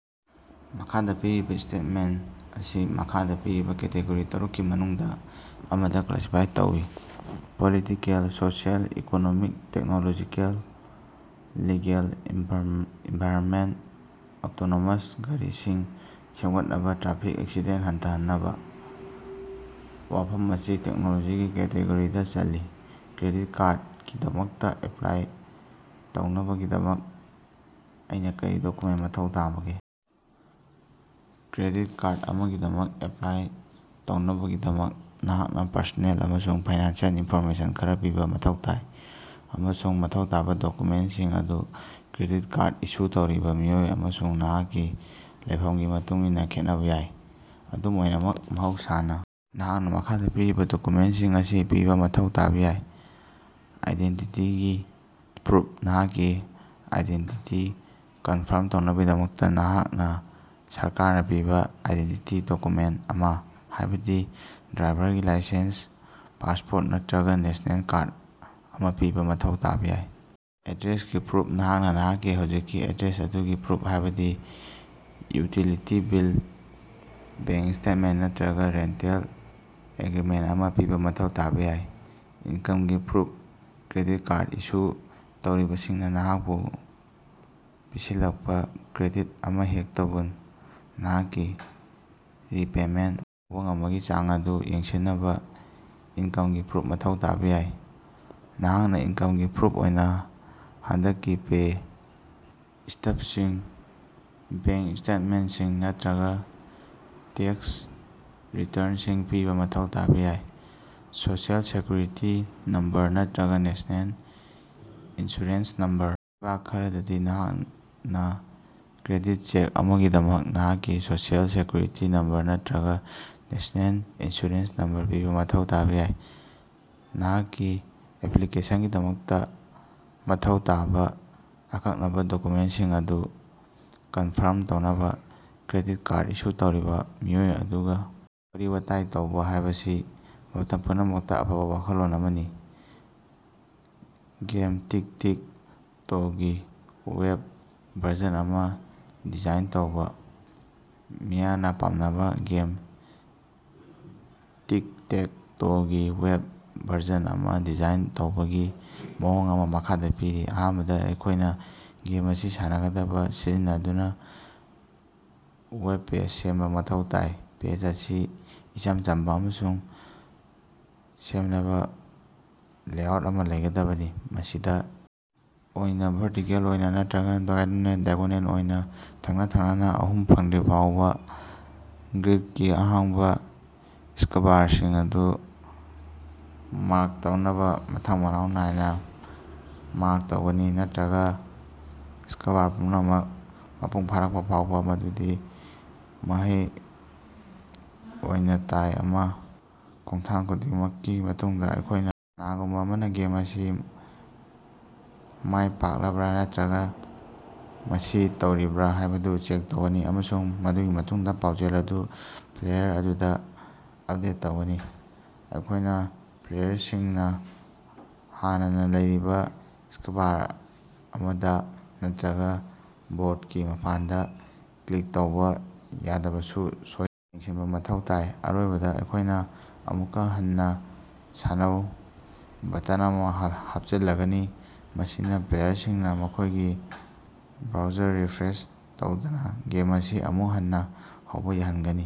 ꯃꯈꯥꯗ ꯄꯤꯔꯤꯕ ꯁ꯭ꯇꯦꯇꯃꯦꯟꯇ ꯑꯁꯤ ꯃꯈꯥꯗ ꯄꯤꯔꯤꯕ ꯀꯦꯇꯦꯒꯣꯔꯤ ꯇꯔꯨꯛꯀꯤ ꯃꯅꯨꯡꯗꯥ ꯑꯃꯗ ꯀ꯭ꯂꯥꯁꯤꯐꯥꯏ ꯇꯧꯢ: political, social, economic, technological, legal, ꯑꯟꯚꯥꯢꯔꯣ ꯑꯟꯚꯥꯏꯔꯣꯃꯦꯟꯇ꯫ ꯑꯣꯇꯣꯅꯣꯃꯁ ꯒꯥꯔꯤꯁꯤꯡ ꯁꯦꯝꯒꯠꯄꯅꯥ ꯇ꯭ꯔꯥꯐꯤꯛ ꯑꯦꯛꯁꯤꯗꯦꯟꯇ ꯍꯟꯊꯍꯟꯅꯕ꯫ ꯋꯥꯐꯝ ꯑꯁꯤ ꯇꯦꯛꯅꯣꯂꯣꯖꯤꯒꯤ ꯀꯦꯇꯦꯒꯣꯔꯤꯗꯥ ꯆꯜꯂꯤ꯫ ꯀ꯭ꯔꯦꯗꯤꯠ ꯀꯥꯔꯗꯀꯤꯗꯃꯛꯇꯥ ꯑꯦꯄꯂꯥꯏ ꯇꯧꯅꯕꯒꯤꯗꯃꯛ ꯑꯩꯅꯥ ꯀꯔꯤ ꯗꯣꯛꯌꯨꯃꯦꯟꯇ ꯃꯊꯧ ꯇꯥꯕꯒꯦ? ꯀ꯭ꯔꯦꯗꯤꯠ ꯀꯥꯔꯗ ꯑꯃꯒꯤꯗꯃꯛ ꯑꯦꯞꯂꯥꯏ ꯇꯧꯅꯕꯒꯤꯗꯃꯛ, ꯅꯍꯥꯛꯅꯥ ꯄꯔꯁꯣꯅꯦꯜ ꯑꯃꯁꯨꯡ ꯐꯥꯏꯅꯥꯟꯁꯤꯑꯦꯜ ꯏꯅꯐꯣꯔꯃꯦꯁꯟ ꯈꯔꯥ ꯄꯤꯕꯥ ꯃꯊꯧ ꯇꯥꯏ, ꯑꯃꯁꯨꯡ ꯃꯊꯧ ꯇꯥꯕꯥ ꯗꯣꯛꯌꯨꯃꯦꯟꯇꯁꯤꯡ ꯑꯗꯨ ꯀ꯭ꯔꯦꯗꯤꯠ ꯀꯥꯔꯗ ꯏꯁꯨ ꯇꯧꯔꯤꯕꯥ ꯃꯤꯑꯣꯏ ꯑꯃꯁꯨꯡ ꯅꯍꯥꯛꯀꯤ ꯂꯩꯐꯝꯒꯤ ꯃꯇꯨꯡꯏꯟꯅꯥ ꯈꯦꯠꯅꯕꯥ ꯌꯥꯏ꯫ ꯑꯗꯨꯝ ꯑꯣꯏꯅꯃꯛ, ꯃꯍꯧꯁꯥꯅꯥ, ꯅꯍꯥꯛꯅꯥ ꯃꯈꯥꯗꯥ ꯄꯤꯔꯤꯕꯥ ꯗꯣꯛꯌꯨꯃꯦꯟꯇꯁꯤꯡ ꯑꯁꯤ ꯄꯤꯕꯥ ꯃꯊꯧ ꯇꯥꯕꯥ ꯌꯥꯏ: ꯑꯥꯏꯗꯦꯟꯇꯤꯇꯤꯒꯤ ꯄ꯭ꯔꯨꯐ ꯅꯍꯥꯛꯀꯤ ꯑꯥꯏꯗꯦꯟꯇꯤꯇꯤ ꯀꯟꯐꯥꯔꯝ ꯇꯧꯅꯕꯒꯤꯗꯃꯛ ꯅꯍꯥꯛꯅꯥ ꯁꯔꯀꯥꯔꯅꯥ ꯄꯤꯕꯥ ꯑꯥꯏꯗꯦꯟꯇꯤꯇꯤ ꯗꯣꯛꯌꯨꯃꯦꯟꯇ ꯑꯃ, ꯍꯥꯏꯕꯗꯤ ꯗ꯭ꯔꯥꯏꯚꯔꯒꯤ ꯂꯥꯏꯁꯦꯟꯁ, ꯄꯥꯁꯄꯣꯔꯠ ꯅꯠꯇꯔꯒꯥ ꯅꯦꯁꯅꯦꯜ ꯀꯥꯔꯗ ꯑꯃꯥ ꯄꯤꯕꯥ ꯃꯊꯧ ꯇꯥꯕꯥ ꯌꯥꯏ꯫ ꯑꯦꯗ꯭ꯔꯦꯁꯀꯤ ꯄ꯭ꯔꯨꯐ ꯅꯍꯥꯛꯅꯥ ꯅꯍꯥꯛꯀꯤ ꯍꯧꯖꯤꯛꯀꯤ ꯑꯦꯗ꯭ꯔꯦꯁ ꯑꯗꯨꯒꯤ ꯄ꯭ꯔꯨꯐ, ꯍꯥꯏꯕꯗꯤ ꯌꯨꯇꯤꯂꯤꯇꯤ ꯕꯤꯜ, ꯕꯦꯡꯀ ꯁ꯭ꯇꯦꯇꯃꯦꯟꯇ, ꯅꯠꯇꯔꯒꯥ ꯔꯦꯟꯇꯦꯜ ꯑꯦꯒ꯭ꯔꯤꯃꯦꯟꯇ ꯑꯃꯥ ꯄꯤꯕꯥ ꯃꯊꯧ ꯇꯥꯕꯥ ꯌꯥꯏ꯫ ꯏꯟꯀꯝꯒꯤ ꯄ꯭ꯔꯨꯐ: ꯀ꯭ꯔꯦꯗꯤꯠ ꯀꯥꯔꯗ ꯏꯁꯨ ꯇꯧꯔꯤꯕꯁꯤꯡꯅꯥ ꯅꯍꯥꯛꯄꯨ ꯄꯤꯁꯤꯜꯂꯛꯄꯥ ꯀ꯭ꯔꯦꯗꯤꯠ ꯑꯃꯍꯦꯛꯇꯕꯨ ꯅꯍꯥꯛꯀꯤ ꯔꯤꯄꯦꯃꯦꯟꯇ ꯇꯧꯕꯥ ꯉꯝꯕꯒꯤ ꯆꯥꯡ ꯑꯗꯨ ꯌꯦꯡꯁꯤꯟꯅꯕꯥ ꯏꯟꯀꯝꯒꯤ ꯄ꯭ꯔꯨꯐ ꯃꯊꯧ ꯇꯥꯕꯥ ꯌꯥꯏ꯫ ꯅꯍꯥꯛꯅꯥ ꯏꯟꯀꯝꯒꯤ ꯄ꯭ꯔꯨꯐ ꯑꯣꯏꯅꯥ ꯍꯟꯗꯛꯀꯤ ꯄꯦ ꯁ꯭ꯇꯕꯁꯤꯡ, ꯕꯦꯡꯀ ꯁ꯭ꯇꯦꯇꯃꯦꯟꯇꯁꯤꯡ ꯅꯠꯇꯔꯒꯥ ꯇꯦꯛꯁ ꯔꯤꯇꯔꯟꯁꯤꯡ ꯄꯤꯕ ꯃꯊꯧ ꯇꯥꯕꯥ ꯌꯥꯏ꯫ ꯁꯣꯁꯤꯑꯦꯜ ꯁꯦꯛꯌꯨꯔꯤꯇꯤ ꯅꯝꯕꯔ ꯅꯠꯇꯔꯒꯥ ꯅꯦꯁꯅꯦꯜ ꯏꯟꯁꯨꯔꯦꯟꯁ ꯅꯝꯕꯔ ꯂꯩꯕꯥꯛ ꯈꯔꯗꯗꯤ, ꯅꯍꯥꯛꯅꯥ ꯀ꯭ꯔꯦꯗꯤꯠ ꯆꯦꯛ ꯑꯃꯒꯤꯗꯃꯛ ꯅꯍꯥꯛꯀꯤ ꯁꯣꯁꯤꯑꯦꯜ ꯁꯦꯛꯌꯨꯔꯤꯇꯤ ꯅꯝꯕꯔ ꯅꯠꯇꯔꯒꯥ ꯅꯦꯁꯅꯦꯜ ꯏꯟꯁꯨꯔꯦꯟꯁ ꯅꯝꯕꯔ ꯄꯤꯕꯥ ꯃꯊꯧ ꯇꯥꯕꯥ ꯌꯥꯏ꯫ ꯅꯍꯥꯛꯀꯤ ꯑꯦꯄꯂꯤꯀꯦꯁꯟꯒꯤꯗꯃꯛꯇꯥ ꯃꯊꯧ ꯇꯥꯕꯥ ꯑꯀꯛꯅꯕꯥ ꯗꯣꯛꯀꯨꯃꯦꯟꯇꯁꯤꯡ ꯑꯗꯨ ꯀꯟꯐꯥꯔꯝ ꯇꯧꯅꯕꯥ ꯀ꯭ꯔꯦꯗꯤꯠ ꯀꯥꯔꯗ ꯏꯁꯨ ꯇꯧꯔꯤꯕꯥ ꯃꯤꯑꯣꯏ ꯑꯗꯨꯒꯥ ꯋꯥꯔꯤ-ꯋꯥꯇꯥꯏ ꯇꯧꯕꯥ ꯍꯥꯏꯕꯁꯤ ꯃꯇꯝ ꯄꯨꯝꯅꯃꯛꯇꯥ ꯑꯐꯕꯥ ꯋꯥꯈꯜꯂꯣꯟ ꯑꯃꯅꯤ꯫ ꯒꯦꯝ ꯇꯤꯛ-ꯇꯦꯛ-ꯇꯣꯒꯤ ꯋꯦꯕ ꯚꯔꯖꯟ ꯑꯃꯥ ꯗꯤꯖꯥꯏꯟ ꯇꯧꯕꯥ꯫ ꯃꯤꯌꯥꯝꯅ ꯄꯥꯝꯅꯕ ꯒꯦꯝ ꯇꯤꯛ-ꯇꯦꯛ-ꯇꯣꯒꯤ ꯋꯦꯕ ꯚꯔꯖꯟ ꯑꯃꯥ ꯗꯤꯖꯥꯏꯟ ꯇꯧꯕꯒꯤ ꯃꯑꯣꯡ ꯑꯃꯥ ꯃꯈꯥꯗꯥ ꯄꯤꯔꯤ: ꯑꯍꯥꯟꯕꯗ, ꯑꯩꯈꯣꯏꯅ ꯒꯦꯝ ꯑꯁꯤ ꯁꯥꯟꯅꯒꯗꯕ ꯁꯤꯖꯤꯟꯅꯗꯨꯅꯥ ꯋꯦꯕ ꯄꯦꯖ ꯁꯦꯝꯕꯥ ꯃꯊꯧ ꯇꯥꯏ꯫ ꯄꯦꯖ ꯑꯁꯤ ꯏꯆꯝ ꯆꯝꯕꯥ ꯑꯃꯁꯨꯡ ꯁꯦꯡꯂꯕꯥ ꯂꯦꯑꯥꯎꯠ ꯑꯃ ꯂꯩꯒꯗꯕꯅꯤ, ꯃꯁꯤꯗꯥ ꯑꯣꯏꯅꯥ, ꯚꯔꯇꯤꯀꯦꯜ ꯑꯣꯏꯅꯥ ꯅꯠꯇꯔꯒꯥ ꯗꯥꯏꯅꯣꯅꯦꯜ ꯗꯥꯢꯒꯣꯅꯦꯜ ꯑꯣꯏꯅꯥ ꯊꯪꯟ-ꯊꯪꯅꯅꯥ ꯑꯍꯨꯝ ꯐꯪꯗ꯭ꯔꯤꯐꯥꯎꯕ ꯒ꯭ꯔꯤꯗꯀꯤ ꯑꯍꯥꯡꯕꯥ ꯁ꯭ꯀꯕꯥꯔꯁꯤꯡ ꯑꯗꯨ ꯃꯥꯔꯛ ꯇꯧꯅꯕ ꯃꯊꯪ-ꯃꯅꯥꯎ ꯅꯥꯏꯅꯥ ꯃꯥꯔꯛ ꯇꯧꯒꯅꯤ, ꯅꯠꯇꯔꯒꯥ ꯁ꯭ꯀꯕꯥꯔ ꯄꯨꯝꯅꯃꯛ ꯃꯄꯨꯡ ꯐꯥꯔꯛꯄꯥ ꯐꯥꯎꯕꯥ, ꯃꯗꯨꯒꯤ ꯃꯍꯩ ꯑꯣꯏꯅꯥꯇꯥꯏ ꯑꯃꯥ꯫ ꯈꯣꯡꯊꯥꯡ ꯈꯨꯗꯤꯡꯃꯛꯀꯤ ꯃꯇꯨꯡꯗꯥ ꯑꯩꯈꯣꯏꯅ ꯀꯅꯥꯒꯨꯝꯕꯥ ꯑꯃꯅꯥ ꯒꯦꯝ ꯑꯁꯤ ꯃꯥꯏꯄꯥꯛꯂꯕꯔꯥ ꯅꯠꯇꯔꯒꯥ ꯃꯁꯤ ꯇꯩꯔꯤꯕꯔꯥ ꯍꯥꯏꯕꯗꯨ ꯆꯦꯛ ꯇꯧꯒꯅꯤ, ꯑꯃꯁꯨꯡ ꯃꯗꯨꯒꯤ ꯃꯇꯨꯡꯗꯥ ꯄꯥꯎꯖꯦꯜ ꯑꯗꯨ ꯄ꯭ꯂꯦꯌꯔ ꯑꯗꯨꯗꯥ ꯑꯞꯗꯦꯠ ꯇꯧꯒꯅꯤ꯫ ꯑꯩꯈꯣꯏꯅ ꯄ꯭ꯂꯦꯌꯔꯁꯤꯡꯅꯥ ꯍꯥꯟꯅꯅꯥ ꯂꯩꯔꯕꯥ ꯁ꯭ꯀꯕꯥꯔ ꯑꯃꯗꯥ ꯅꯠꯇꯔꯒꯥ ꯕꯣꯔꯗꯀꯤ ꯃꯄꯥꯟꯗꯥ ꯀ꯭ꯂꯤꯛ ꯇꯧꯕꯥ ꯌꯥꯗꯕꯁꯨ ꯁꯣꯏꯗꯅꯥ ꯌꯦꯡꯁꯤꯟꯕꯥ ꯃꯊꯧ ꯇꯥꯏ꯫ ꯑꯔꯣꯏꯕꯗꯥ, ꯑꯩꯈꯣꯏꯅ "ꯑꯃꯨꯛꯀꯥ ꯍꯟꯅꯥ ꯁꯥꯟꯅꯧ" ꯕꯇꯟ ꯑꯃꯥ ꯍꯥꯞꯆꯤꯜꯂꯒꯅꯤ, ꯃꯁꯤꯅꯥ ꯄ꯭ꯂꯦꯌꯔꯁꯤꯡꯅꯥ ꯃꯈꯣꯏꯒꯤ ꯕ꯭ꯔꯥꯎꯖꯔ ꯔꯤꯐ꯭ꯔꯦꯁ ꯇꯧꯗꯅꯥ ꯒꯦꯝ ꯑꯁꯤ ꯑꯃꯨꯛ ꯍꯟꯅꯥ ꯍꯧꯕꯥ ꯌꯥꯍꯟꯒꯅꯤ꯫